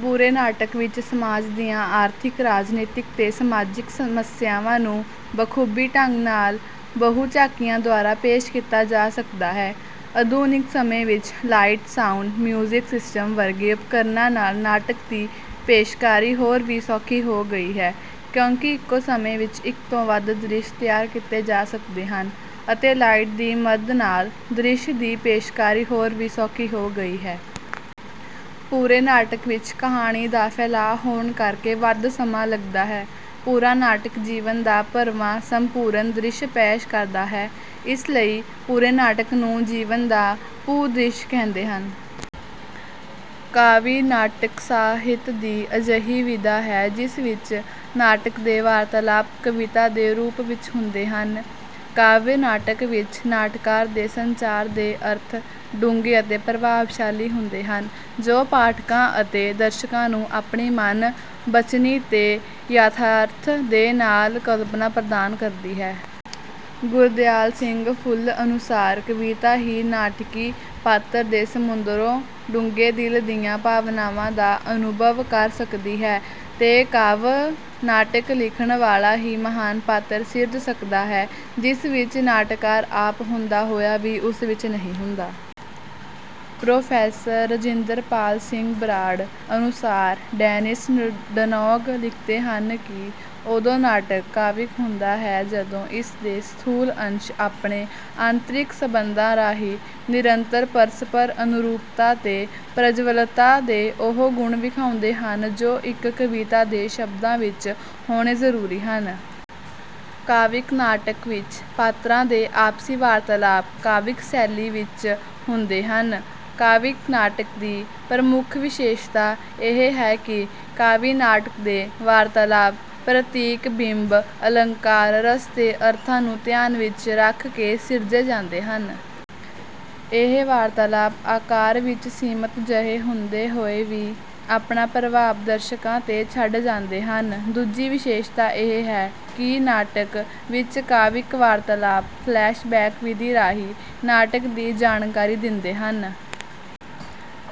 ਪੂਰੇ ਨਾਟਕ ਵਿੱਚ ਸਮਾਜ ਦੀਆਂ ਆਰਥਿਕ, ਰਾਜਨੀਤਿਕ ਤੇ ਸਮਾਜਿਕ ਸਮੱਸਿਆਵਾਂ ਨੂੰ ਬਖੂਬੀ ਢੰਗ ਨਾਲ ਬਹੁ ਝਾਕੀਆਂ ਦੁਆਰਾ ਪੇਸ਼ ਕੀਤਾ ਜਾ ਸਕਦਾ ਹੈ। ਆਧੁਨਿਕ ਸਮੇਂ ਵਿੱਚ ਲਾਈਟ, ਸਾਊਂਡ, ਮਿਊਜਿਕ ਸਿਸਟਮ ਵਰਗੇ ਉਪਕਰਨਾਂ ਨਾਲ ਨਾਟਕ ਦੀ ਪੇਸ਼ਕਾਰੀ ਹੋਰ ਵੀ ਸੌਖੀ ਹੋ ਗਈ ਹੈ ਕਿਉਂਕਿ ਇੱਕੋ ਸਮੇਂ ਵਿੱਚ ਇੱਕ ਤੋਂ ਵੱਧ ਦ੍ਰਿਸ਼ ਤਿਆਰ ਕੀਤੇ ਜਾ ਸਕਦੇ ਹਨ, ਅਤੇ ਲਾਈਟ ਦੀ ਮਦ ਨਾਲ ਦ੍ਰਿਸ਼ ਦੀ ਪੇਸ਼ਕਾਰੀ ਹੋਰ ਵੀ ਸੌਖੀ ਹੋ ਗਈ ਹੈ। ਪੂਰੇ ਨਾਟਕ ਵਿੱਚ ਕਹਾਣੀ ਦਾ ਫੈਲਾਅ ਹੋਣ ਕਰਕੇ ਵੱਧ ਸਮਾਂ ਲਗਦਾ ਹੈ। ਪੂਰਾ ਨਾਟਕ ਜੀਵਨ ਦਾ ਭਰਵਾਂ ਸੰਪੂਰਨ ਦ੍ਰਿਸ਼ ਪੇਸ਼ ਕਰਦਾ ਹੈ। ਇਸ ਲਈ ਪੂਰੇ ਨਾਟਕ ਨੂੰ ਜੀਵਨ ਦਾ ਭੂ ਦ੍ਰਿਸ਼ ਕਹਿੰਦੇ ਹਨ। ਕਾਵਿ ਨਾਟਕ ਸਾਹਿਤ ਦੀ ਅਜਿਹੀ ਵਿਧਾ ਹੈ, ਜਿਸ ਵਿੱਚ ਨਾਟਕ ਦੇ ਵਾਰਤਾਲਾਪ ਕਵਿਤਾ ਦੇ ਰੂਪ ਵਿੱਚ ਹੁੰਦੇ ਹਨ। ਕਾਵਿ ਨਾਟਕ ਵਿੱਚ ਨਾਟਕਾਰ ਦੇ ਸੰਚਾਰ ਦੇ ਅਰਥ ਡੂੰਘੇ ਅਤੇ ਪ੍ਰਭਾਵਸ਼ਾਲੀ ਹੁੰਦੇ ਹਨ, ਜੋ ਪਾਠਕਾਂ ਅਤੇ ਦਰਸ਼ਕਾਂ ਨੂੰ ਆਪਣੀ ਮਨ ਬਚਨੀ ਤੇ ਯਥਾਰਥ ਦੇ ਨਾਲ ਕਲਪਨਾ ਪ੍ਰਦਾਨ ਕਰਦੀ ਹੈ। ਗੁਰਦਿਆਲ ਸਿੰਘ ਫੁੱਲ ਅਨੁਸਾਰ, ਕਵਿਤਾ ਹੀ ਨਾਟਕੀ ਪਾਤਰ ਦੇ ਸਮੁੰਦਰੋਂ ਡੂੰਘੇ ਦਿਲ ਦੀਆਂ ਭਾਵਨਾਵਾਂ ਦਾ ਅਨੁਭਵ ਕਰ ਸਕਦੀ ਹੈ, ਤੇ ਕਾਵਿ ਨਾਟਕ ਲਿਖਣ ਵਾਲਾ ਹੀ ਮਹਾਨ ਪਾਤਰ ਸਿਰਜ ਸਕਦਾ ਹੈ, ਜਿਸ ਵਿੱਚ ਨਾਟਕਾਰ ਆਪ ਹੁੰਦਾ ਹੋਇਆ ਵੀ ਉਸ ਵਿੱਚ ਨਹੀਂ ਹੁੰਦਾ। ਪ੍ਰੋਫੇਸਰ ਰਜਿੰਦਰ ਪਾਲ ਸਿੰਘ ਬਰਾੜ ਅਨੁਸਾਰ, ਡੈਨਿਸ ਡਨੌਗ ਲਿਖਦੇ ਹਨ ਕਿ, ਉਦੋਂ ਨਾਟਕ ਕਾਵਿਕ ਹੁੰਦਾ ਹੈ, ਜਦੋਂ ਇਸ ਦੇ ਸਥੂਲ ਅੰਸ਼ ਆਪਣੇ ਆਂਤ੍ਰਿਕ ਸੰਬੰਧਾਂ ਰਾਹੀਂ ਨਿਰੰਤਰ ਪਰਸਪਰ ਅਨੁਰੂਪਤਾ ਤੇ ਪ੍ਰਜਵਲਤਾ ਦੇ ਉਹ ਗੁਣ ਵਿਖਾਉਂਦੇ ਹਨ, ਜੋ ਇੱਕ ਕਵਿਤਾ ਦੇ ਸ਼ਬਦਾਂ ਵਿੱਚ ਹੋਣੇ ਜ਼ਰੂਰੀ ਹਨ। ਕਾਵਿਕ ਨਾਟਕ ਵਿੱਚ ਪਾਤਰਾਂ ਦੇ ਆਪਸੀ ਵਾਰਤਾਲਾਪ ਕਾਵਿਕ ਸੈਲੀ ਵਿੱਚ ਹੁੰਦੇ ਹਨ। ਕਾਵਿ ਨਾਟਕ ਦੀ ਪ੍ਰਮੁੱਖ ਵਿਸ਼ੇਸ਼ਤਾ ਇਹ ਹੈ, ਕਿ ਕਾਵਿ ਨਾਟਕ ਦੇ ਵਾਰਤਾਲਾਪ ਪ੍ਰਤੀਕ, ਬਿੰਬ, ਅਲੰਕਾਰ, ਰਸ ਤੇ ਅਰਥਾਂ ਨੂੰ ਧਿਆਨ ਵਿੱਚ ਰੱਖ ਕੇ ਸਿਰਜੇ ਜਾਂਦੇ ਹਨ। ਇਹ ਵਾਰਤਾਲਾਪ ਆਕਾਰ ਵਿੱਚ ਸੀਮਤ ਜਿਹੇ ਹੁੰਦੇ ਹੋਏ ਵੀ ਆਪਣਾ ਪ੍ਰਭਾਵ ਦਰਸ਼ਕਾਂ ਤੇ ਛੱਡ ਜਾਂਦੇ ਹਨ। ਦੂਜੀ ਵਿਸ਼ੇਸ਼ਤਾ ਇਹ ਹੈ, ਕਿ ਨਾਟਕ ਵਿੱਚ ਕਾਵਿਕ ਵਾਰਤਾਲਾਪ ਫਲੈਸ਼ ਬੈਕ ਵਿਧੀ ਰਾਹੀਂ ਨਾਟਕ ਦੀ ਜਾਣਕਾਰੀ ਦਿੰਦੇ ਹਨ।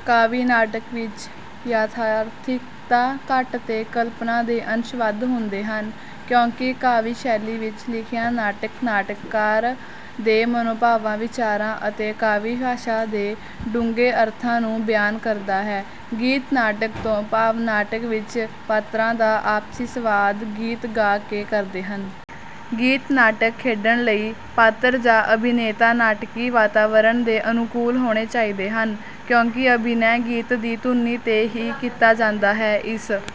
ਕਾਵਿ ਨਾਟਕ ਵਿੱਚ ਯਥਾਰਥਿਕਤਾ ਘੱਟ ਤੇ ਕਲਪਨਾ ਦੇ ਅੰਸ਼ ਵੱਧ ਹੁੰਦੇ ਹਨ, ਕਿਉਂਕਿ ਕਾਵਿ ਸ਼ੈਲੀ ਵਿੱਚ ਲਿਖਿਆ ਨਾਟਕ ਨਾਟਕਕਾਰ ਦੇ ਮਨੋਭਾਵਾਂ, ਵਿਚਾਰਾਂ ਅਤੇ ਕਾਵਿ ਭਾਸ਼ਾ ਦੇ ਡੂੰਘੇ ਅਰਥਾਂ ਨੂੰ ਬਿਆਨ ਕਰਦਾ ਹੈ। ਗੀਤ ਨਾਟਕ ਤੋਂ ਭਾਵ ਨਾਟਕ ਵਿੱਚ ਪਾਤਰਾਂ ਦਾ ਆਪਸੀ ਸੰਵਾਦ ਗੀਤ ਗਾ ਕੇ ਕਰਦੇ ਹਨ। ਗੀਤ ਨਾਟਕ ਖੇਡਣ ਲਈ ਪਾਤਰ ਜਾਂ ਅਭਿਨੇਤਾ ਨਾਟਕੀ ਵਾਤਾਵਰਣ ਦੇ ਅਨੁਕੂਲ ਹੋਣੇ ਚਾਹੀਦੇ ਹਨ, ਕਿਉਂਕਿ ਅਭਿਨੈ ਗੀਤ ਦੀ ਧੁਨੀ ਤੇ ਹੀ ਕੀਤਾ ਜਾਂਦਾ ਹੈ। ਇਸ